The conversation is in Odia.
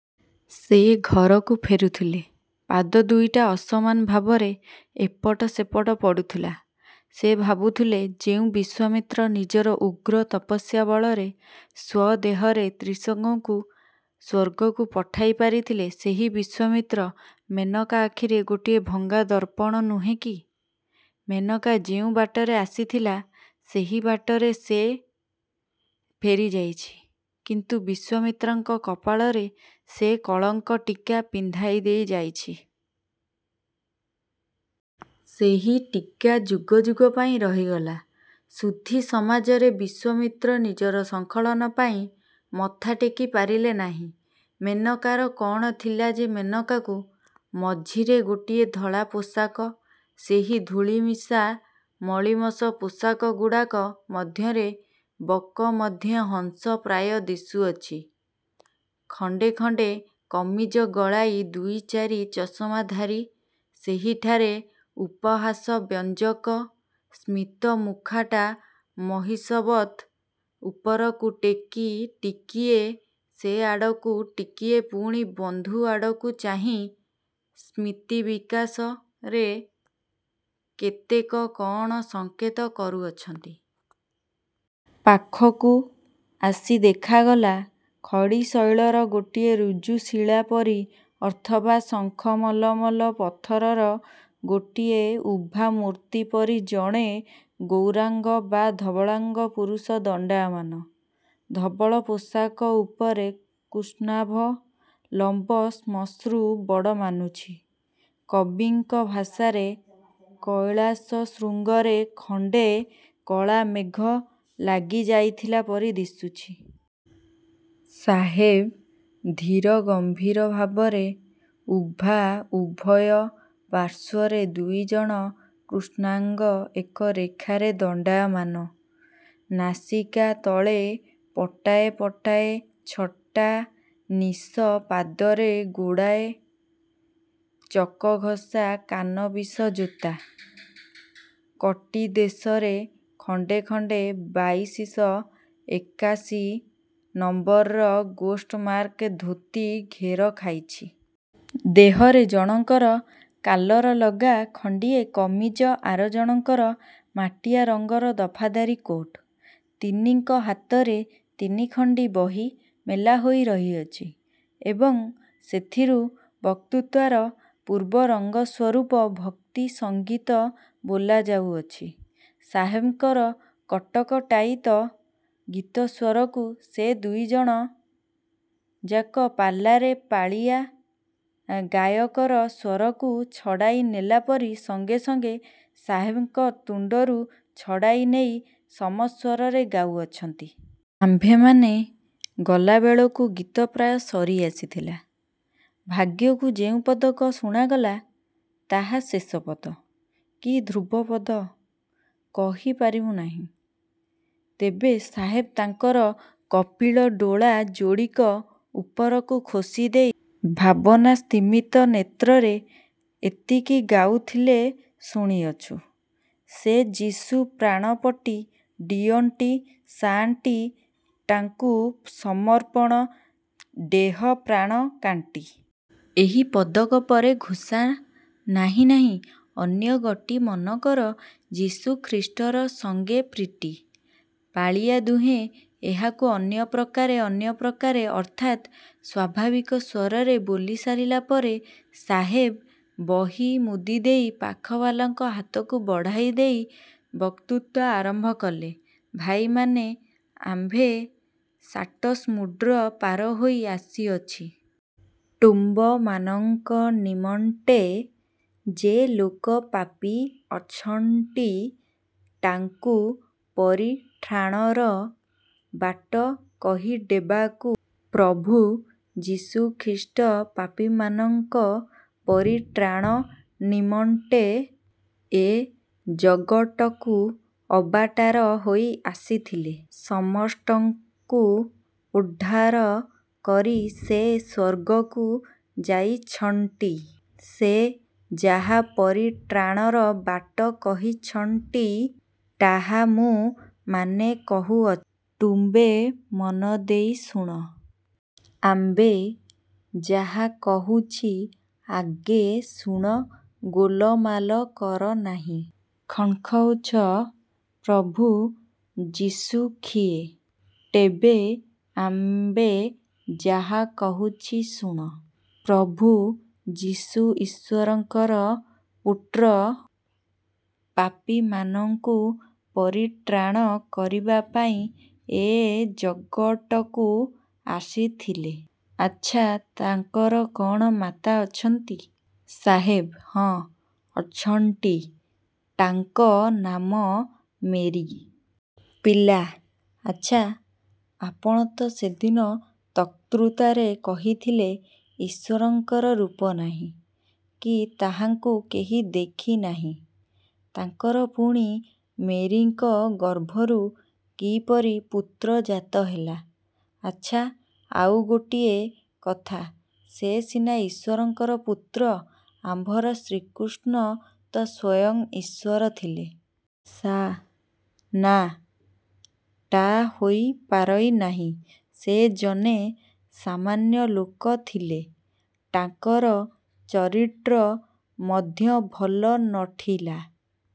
ସେ ଘରକୁ ଫେରୁଥିଲେ। ପାଦ ଦୁଇଟା ଅସମାନ ଭାବରେ ଏପଟେ ସେପଟେ ପଡ଼ୁଥିଲା। ସେ ଭାବୁଥିଲେ ଯେଉଁ ବିଶ୍ୱାମିତ୍ର ନିଜର ଉଗ୍ର ତପସ୍ୟା ବଳରେ ସ୍ୱଦେହରେ ତ୍ରିଶଙ୍କୁକୁ ସ୍ୱର୍ଗକୁ ପଠାଇ ପାରିଥିଲେ ସେହି ବିଶ୍ୱାମିତ୍ର ମେନକା ଆଖିରେ ଗୋଟିଏ ଭଙ୍ଗାଦର୍ପଣ ନୁହେଁ କି? ମେନକା ଯେଉଁ ବାଟରେ ଆସିଥିଲା ସେହି ବାଟରେ ସେ ଫେରିଯାଇଛି; କିନ୍ତୁ ବିଶ୍ୱାମିତ୍ରଙ୍କ କପାଳରେ ସେ କଳଙ୍କର ଟୀକା ପିନ୍ଧାଇଦେଇ ଯାଇଛି। ସେହି ଟୀକା ଯୁଗଯୁଗ ପାଇଁ ରହିଗଲା। ସୁଧୀ ସମାଜରେ ବିଶ୍ୱାମିତ୍ର ନିଜର ସ୍ଖଳନ ପାଇଁ ମଥାଟେକି ପାରିଲେ ନାହିଁ। ମେନକାର କ'ଣ ଥିଲା ଯେ ମେନକାକୁ। ମଝିରେ ଗୋଟିଏ ଧଳାପୋଷାକ ସେହି ଧୂଳିମିଶା ମଳୀମସ ପୋଷାକଗୁଡ଼ାକ ମଧ୍ୟରେ 'ବକ ମଧ୍ୟେ ହଂସ ପ୍ରାୟ' ଦିଶୁଅଛି। ଖଣ୍ତେ ଖଣ୍ତେ କମିଜ ଗଳାଇ ଦୁଇ ଚାରି ଚଷମାଧାରୀ ସେହିଠାରେ ଉପହାସବ୍ୟଞ୍ଜକ ସ୍ମିତ ମୁଖଟା ମହିଷବତ୍ ଉପରକୁ ଟେକି ଟିକିଏ ସେ ଆଡ଼କୁ ଟିକିଏ ପୁଣି ବନ୍ଧୁ ଆଡ଼କୁ ଚାହିଁ ସ୍ମିତବିକାଶରେ କେତେ କଣ ସଙ୍କେତ କରୁଅଛନ୍ତି। ପାଖକୁ ଆସି ଦେଖାଗଲା, ଖଡ଼ିଶୈଳର ଗୋଟିଏ ଋଜୁଶିଳା ପରି ଅଥବା ଶଙ୍ଖମଲମଲ ପଥରର ଗୋଟିଏ ଉଭାମୂର୍ତ୍ତି ପରି ଜଣେ ଗୌରାଙ୍ଗ ବା ଧବଳାଙ୍ଗ ପୁରୁଷ ଦଣ୍ତାୟମାନ। ଧବଳପୋଷାକ ଉପରେ କୃଷ୍ଣାଭ ଲମ୍ବ ଶ୍ମଶ୍ରୁ ବଡ଼ ମାନୁଛି। କବିଙ୍କ ଭାଷାରେ କୈଳାସଶୃଙ୍ଗରେ ଖଣ୍ତେ କଳାମେଘ ଲାଗିଯାଇଥିଲା ପରି ଦିଶୁଅଛି। ସାହେବ ଧୀର ଗମ୍ଭୀର ଭାବରେ ଉଭା ଉଭୟ ପାର୍ଶ୍ୱରେ ଦୁଇ ଜଣ କୃଷ୍ଣାଙ୍ଗ ଏକ ରେଖାରେ ଦଣ୍ଡାୟମାନ ନାସିକା ତଳେ ପଟାଏ ପଟାଏ ଛଟା ନିଶ ପାଦରେ ଯୋଡ଼ାଏ ଚକଘଷା କାନବିସ ଯୋତା। କଟିଦେଶରେ ଖଣ୍ଡେ ଖଣ୍ତେ ବାଇଶିଶ ଏକାଶୀ ନମ୍ବରର ଗୋଷ୍ଟମାର୍କ ଧୋତି ଘେର ଖାଇଛି। ଦେହରେ ଜଣକର କାଲରଲଗା ଖଣ୍ତିଏ କମିଜ ଆର ଜଣକର ମାଟିଆ ରଙ୍ଗର ଦଫାଦାରୀ କୋଟ। ତିନିଙ୍କ ହାତରେ ତିନି ଖଣ୍ତି ବହି ମେଲା ହୋଇ ରହିଅଛି ଏବଂ ସେଥିରୁ ବକ୍ତୃତାର ପୂର୍ବରଙ୍ଗସ୍ୱରୂପ ଭକ୍ତିସଙ୍ଗୀତ ବୋଲା ଯାଉଅଛି। ସାହେବଙ୍କର କଟକଟାୟିତ ଗୀତସ୍ୱରକୁ ସେ ଦୁଇଜଣ ଯାକ ପାଲାରେ ପାଳିଆ ଗାୟକର ସ୍ୱରକୁ ଛଡ଼ାଇନେଲା ପରି ସଙ୍ଗେ ସଙ୍ଗେ ସାହେବଙ୍କ ତୁଣ୍ତରୁ ଛଡ଼ାଇନେଇ ସମସ୍ୱରରେ ଗାଉଅଛନ୍ତି। ଆମ୍ଭେମାନେ ଗଲାବେଳକୁ ଗୀତ ପ୍ରାୟ ସରିଆସିଥିଲା। ଭାଗ୍ୟକୁ ଯେଉଁ ପଦକ ଶୁଣାଗଲା, ତାହା ଶେଷ ପଦ, କି ଧ୍ରୁବପଦ, କହି ପାରିବୁଁ ନାହିଁ ତେବେ ସାହେବ ତାଙ୍କର କପିଳ ଡୋଳା ଯୋଡ଼ିକ ଉପରକୁ ଖୋଷିଦେଇ ଭାବନାସ୍ତିମିତ ନେତ୍ରରେ ଏତିକି ଗାଉଥିଲେ ଶୁଣିଅଛୁଁ। ସେ ଯିଶୁ ପ୍ରାଣପଟି ଡିଅଣ୍ଟି ଶାଣ୍ଟି ଟାଙ୍କୁ ସମର୍ପ ଡେହପ୍ରାଣ କାଣ୍ଟି। ଏହି ପଦକ ପରେ ଘୋଷା- ନାହିଁ ନାହିଁ ଅନ୍ୟ ଗଟି ମନ କର ଯୀଶୁଖ୍ରୀଷ୍ଟର ସଙ୍ଗେ ପ୍ରୀଟି। ପାଳିଆ ଦୁହେଁ ଏହାକୁ ଅନ୍ୟପ୍ରକାରେ, ଅନ୍ୟପ୍ରକାରେ ଅର୍ଥାତ୍ ସ୍ୱାଭାବିକ ସ୍ୱରରେ ବୋଲିସାରିଲା ପରେ ସାହେବ ବହି ମୁଦିଦେଇ ପାଖବାଲାଙ୍କ ହାତକୁ ବଢ଼ାଇଦେଇ ବକ୍ତୃତା ଆରମ୍ଭ କଲେ- 'ଭାଇମାନେ, ଆମ୍ଭେ ସାଟ୍ସମୁଡ୍ର ପାର ହୋଇ ଆସିଅଛି। ଟୁମ୍ବମାନଙ୍କ ନିମଣ୍ଟେ ଯେ ଲୋକ ପାପୀ ଅଛଣ୍ଟି, ଟାଙ୍କୁ ପରିଠ୍ରାଣର ବାଟ କହିଡେବାକୁ, ପ୍ରଭୁ ଯୀଶୁଖ୍ରୀଷ୍ଟ ପାପିମାନଙ୍କ ପରିଟ୍ରାଣ ନିମଣ୍ଟେ ଏ ଜଗଟକୁ ଅବଟାର ହୋଇ ଆସିଥିଲେ। ସମଷ୍ଟଙ୍କୁ ଉଡ୍ଢାର କରି ସେ ସ୍ୱର୍ଗକୁ ଯାଇଚ୍ଛଣ୍ଟି। ସେ ଯାହା ପରିଟ୍ରାଣର ବାଟ କହିଛଣ୍ଟି ଟାହା ମୁଁ ମାନେ କହୁଅଛି ଟୁମ୍ବେ ମନ ଡେଇ ଶୁଣ। ଆମ୍ବେ ଯାହା କହୁଛି ଆଗେ ଶୁଣ ଗୋଲମାଲ କର ନାହିଁ। ଖଣ୍କହୁଛ- ପ୍ରଭୁ ଯୀଶୁ ଖିଏ? ଟେବେ ଆମ୍ବେ ଯାହା କହୁଛି ଶୁଣ। ପ୍ରଭୁ ଯୀଶୁ ଈଶ୍ୱରଙ୍କର ପୁଟ୍ର, ପାପିମାନଙ୍କୁ ପରିଟ୍ରାଣ କରିବାପାଇଁ ଏ ଜଗଟକୁ ଆସିଥିଲେ। ''ଆଚ୍ଛା, ତାଙ୍କର କଣ ମାତା ଅଛନ୍ତି? '' ସାହେବ-ହଁ, ଅଛଣ୍ଟି ଟାଙ୍କ ନାମ ମେରୀ। ପିଲା- ଆଚ୍ଛା, ଆପଣ ତ ସେ ଦିନ ତକ୍ତୃତାରେ କହିଥିଲେ, ଈଶ୍ୱରଙ୍କର ରୂପ ନାହିଁ, କି ତାହାଙ୍କୁ କେହି ଦେଖି ନାହିଁ। ତାଙ୍କର ପୁଣି ମେରୀଙ୍କ ଗର୍ଭରୁ କିପରି ପୁତ୍ର ଜାତ ହେଲା? ଆଚ୍ଛା, ଆଉ ଗୋଟିଏ କଥା ସେ ସିନା ଈଶ୍ୱରଙ୍କର ପୁତ୍ର, ଆମ୍ଭର ଶ୍ରୀକୃଷ୍ଣ ତ ସ୍ୱୟଂ ଈଶ୍ୱର ଥିଲେ। ସା- ନା, ଟା ହୋଇ ପାରଇ ନାହିଁ। ସେ ଜନେ ସାମାନ୍ୟ ଲୋକ ଥିଲେ। ଟାଙ୍କର ଚରିଟ୍ର ମଧ୍ୟ ଭଲ ନ ଠିଲା।